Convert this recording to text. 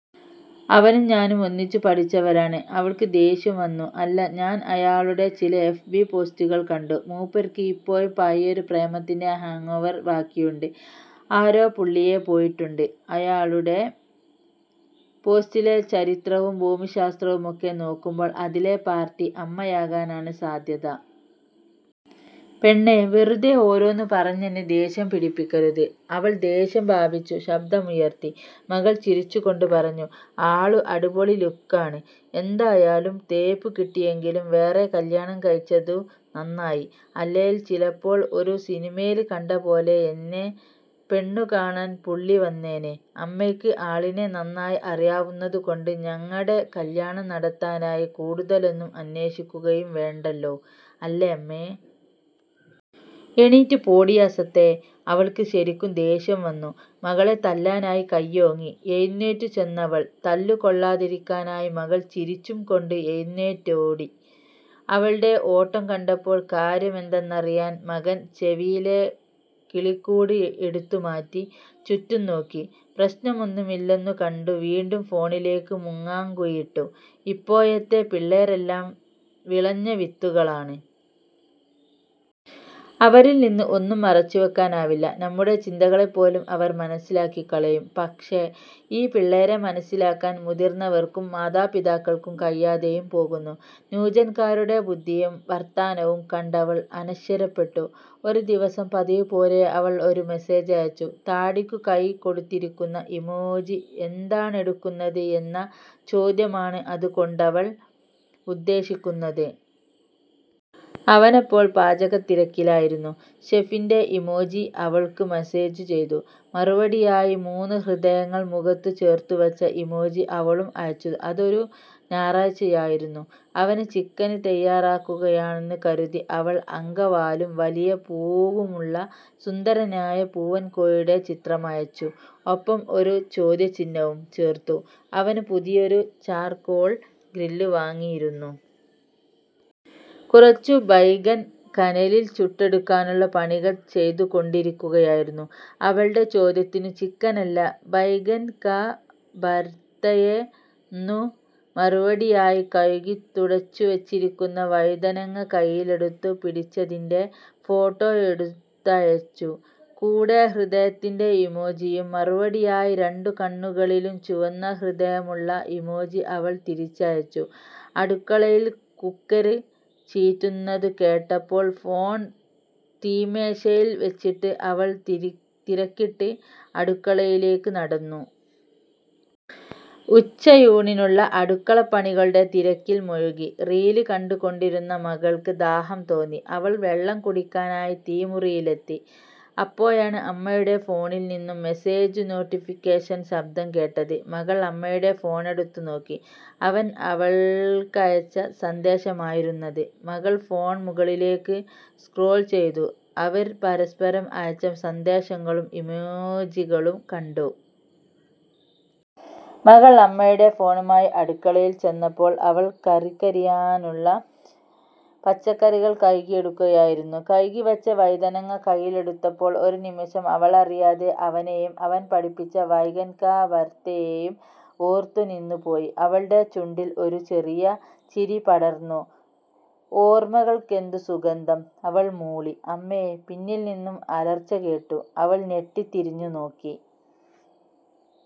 അവനും ഞാനും ഒന്നിച്ചു പഠിച്ചവരാണ്'' അവള്ക്കു ദേഷ്യം വന്നു. ''അല്ല, ഞാന് അയാളുടെ ചില എഫ് ബി പോസ്റ്റുകള് കണ്ടു. മൂപ്പര്ക്ക് ഇപ്പോഴും പഴയയൊരു പ്രേമത്തിന്റെ ഹാങ്ങോവര് ബാക്കിയുണ്ട്. ആരോ പുള്ളിയെ പോയിട്ടുണ്ട്. അയാളുടെ പോസ്റ്റിലെ ചരിത്രവും ഭൂമിശാസ്ത്രവുമൊക്കെ നോക്കുമ്പോള് അതിലെ പാര്ട്ടി അമ്മയാകാനാണ് സാധ്യത. '''' പെണ്ണെ വെറുതെ ഓരോന്നു പറഞ്ഞെന്നെ ദേഷ്യം പിടിപ്പിക്കരുത്'' അവള് ദേഷ്യം ഭാവിച്ചു ശബ്ദമുയര്ത്തി. മകള് ചിരിച്ചുകൊണ്ട് പറഞ്ഞു ''ആളു അടിപൊളി ലുക്കാണ്. എന്തായാലും തേപ്പുകിട്ടിയെങ്കിലും വേറെ കല്യാണംകഴിച്ചതു നന്നായി. അല്ലേല് ചിലപ്പോള് ഒരു സിനിമേല് കണ്ടപോലെ എന്നെ പെണ്ണുകാണാന് പുള്ളി വന്നേനെ. അമ്മയ്ക്ക് ആളിനെ നന്നായി അറിയാവുന്നതുകൊണ്ട് ഞങ്ങടെ കല്യാണം നടത്താനായി കൂടുതലൊന്നും അന്വേഷിക്കുകയും വേണ്ടല്ലോ, അല്ലേമ്മേ? ' 'എണീറ്റ് പോടീ അസത്തെ'' അവള്ക്കു ശരിക്കും ദേഷ്യം വന്നു. മകളെ തല്ലാനായി കയ്യോങ്ങി എഴുന്നേറ്റുചെന്നവള്. തല്ലുകൊള്ളാതിരിക്കാനായി മകള് ചിരിച്ചും കൊണ്ട് എഴുന്നേറ്റോടി. അവളുടെ ഓട്ടം കണ്ടപ്പോള് കാര്യമെന്തന്നറിയാന് മകന് ചെവിയിലെ കിളിക്കൂട് എടുത്തുമാറ്റി ചുറ്റുംനോക്കി. പ്രശ്നമൊന്നുമില്ലെന്നു കണ്ടു വീണ്ടും ഫോണിലേക്ക് മുങ്ങാംകുഴിയിട്ടു. 'ഇപ്പോഴത്തെ പിള്ളേരെല്ലാം വിളഞ്ഞവിത്തുകളാണ്. അവരില്നിന്നും ഒന്നും മറച്ചുവയ്ക്കാനാവില്ല. നമ്മുടെ ചിന്തകളെപ്പോലും അവര് മനസ്സിലാക്കികളയും. പക്ഷെ ഈ പിള്ളേരെ മനസ്സിലാക്കാന് മുതിര്ന്നവര്ക്കും മാതാപിതാക്കള്ക്കും കഴിയാതെയും പോകുന്നു. ' ന്യൂജന്കാരുടെ ബുദ്ധിയും വര്ത്താനവും കണ്ടവള് ആശ്ചര്യപ്പെട്ടു. ഒരുദിവസം പതിവുപോലെ അവള് ഒരു മെസ്സേജയച്ചു. താടിക്കു കൈകൊടുത്തിരിക്കുന്ന ഇമോജി. എന്താണെടുക്കുന്നത് എന്ന ചോദ്യമാണ് അതുകൊണ്ടവള് ഉദ്ദേശിക്കുന്നത്. അവനപ്പോള് പാചകത്തിരക്കിലായിരുന്നു. ഷെഫിന്റെ ഇമോജി അവള്ക്കു മെസ്സേജു ചെയ്തു. മറുപടിയായി മൂന്നു ഹൃദയങ്ങള് മുഖത്തു ചേര്ത്തുവച്ച ഇമോജി അവളും അയച്ചു അതൊരു ഞാറാഴ്ചയായിരുന്നു. അവന് ചിക്കന് തയ്യാറാക്കുകയാണെന്ന് കരുതി അവള് അങ്കവാലും വലിയ പൂവുമുള്ള സുന്ദരനായ പൂവന്കോഴിയുടെ ചിത്രമയച്ചു. ഒപ്പം ഒരു ചോദ്യചിഹ്നവും ചേര്ത്തു. അവന് പുതിയൊരു 'ചാര്കോള് ഗ്രില്' വാങ്ങിയിരുന്നു. കുറച്ചു ബൈഗന് കനലില് ചുട്ടെടുക്കാനുള്ള പണികള് ചെയ്തുകൊണ്ടിരിക്കുകയായിരുന്നു. അവളുടെ ചോദ്യത്തിനു ചിക്കനല്ല 'ബൈഗന് കാ ബര്ത്തയെ'ന്നു മറുപടിയായി കഴുകി തുടച്ചുവച്ചിരിക്കുന്ന വഴുതനങ്ങ കയ്യിലെടുത്തു പിടിച്ചതിന്റെ ഫോട്ടോയെടുത്തുയച്ചു. കൂടെ ഹൃദയത്തിന്റെ ഇമോജിയും. മറുപടിയായി രണ്ടു കണ്ണുകളിലും ചുവന്ന ഹൃദയമുള്ള ഇമോജി അവള് തിരിച്ചയച്ചു. അടുക്കളയില് കുക്കര് ചീറ്റുന്നത് കേട്ടപ്പോള് ഫോണ് തീന്മേശയില് വച്ചിട്ട് അവള് തിരക്കിട്ട് അടുക്കളയിലേക്ക് നടന്നു. ഉച്ചയൂണിനുള്ള അടുക്കളപ്പണികളുടെ തിരക്കില് മുഴുകി. റീല് കണ്ടുകൊണ്ടിരുന്ന മകള്ക്ക് ദാഹം തോന്നി. അവള് വെള്ളം കുടിക്കാനായി തീന്മുറിയിലെത്തി. അപ്പോഴാണ് അമ്മയുടെ ഫോണില്നിന്നും മെസ്സേജു നോട്ടിഫിക്കേഷന് ശബ്ദം കേട്ടത്. മകള് അമ്മയുടെ ഫോണെടുത്ത് നോക്കി. അവന് അവള്ക്കയച്ച സന്ദേശമായിരുന്നത്. മകള് ഫോണ് മുകളിലേക്ക് സ്ക്രോള് ചെയ്തു. അവര് പരസ്പരം അയച്ച സന്ദേശങ്ങളും ഇമോജികളും കണ്ടു. മകള് അമ്മയുടെ ഫോണുമായി അടുക്കളയില്ചെന്നപ്പോള് അവള് കറിക്കരിയാനുള്ള പച്ചക്കറികള് കഴുകിയെടുക്കുകയായിരുന്നു. കഴുകിവെച്ച വഴുതനങ്ങ കയ്യിലെടുത്തപ്പോള് ഒരുനിമിഷം, അവളറിയാതെ അവനെയും അവന് പഠിപ്പിച്ച ബൈഗന് കാ ബര്ത്തയെയും ഓര്ത്തുനിന്നു പോയി. അവളുടെ ചുണ്ടില് ഒരു ചെറിയ ചിരി വിടര്ന്നു. 'ഓര്മ്മകള്ക്കെന്തു സുഗന്ധം' അവള് മൂളി. ''അമ്മേ'' പിന്നില്നിന്നും അലര്ച്ചകേട്ടു അവള് ഞെട്ടി തിരിഞ്ഞു നോക്കി.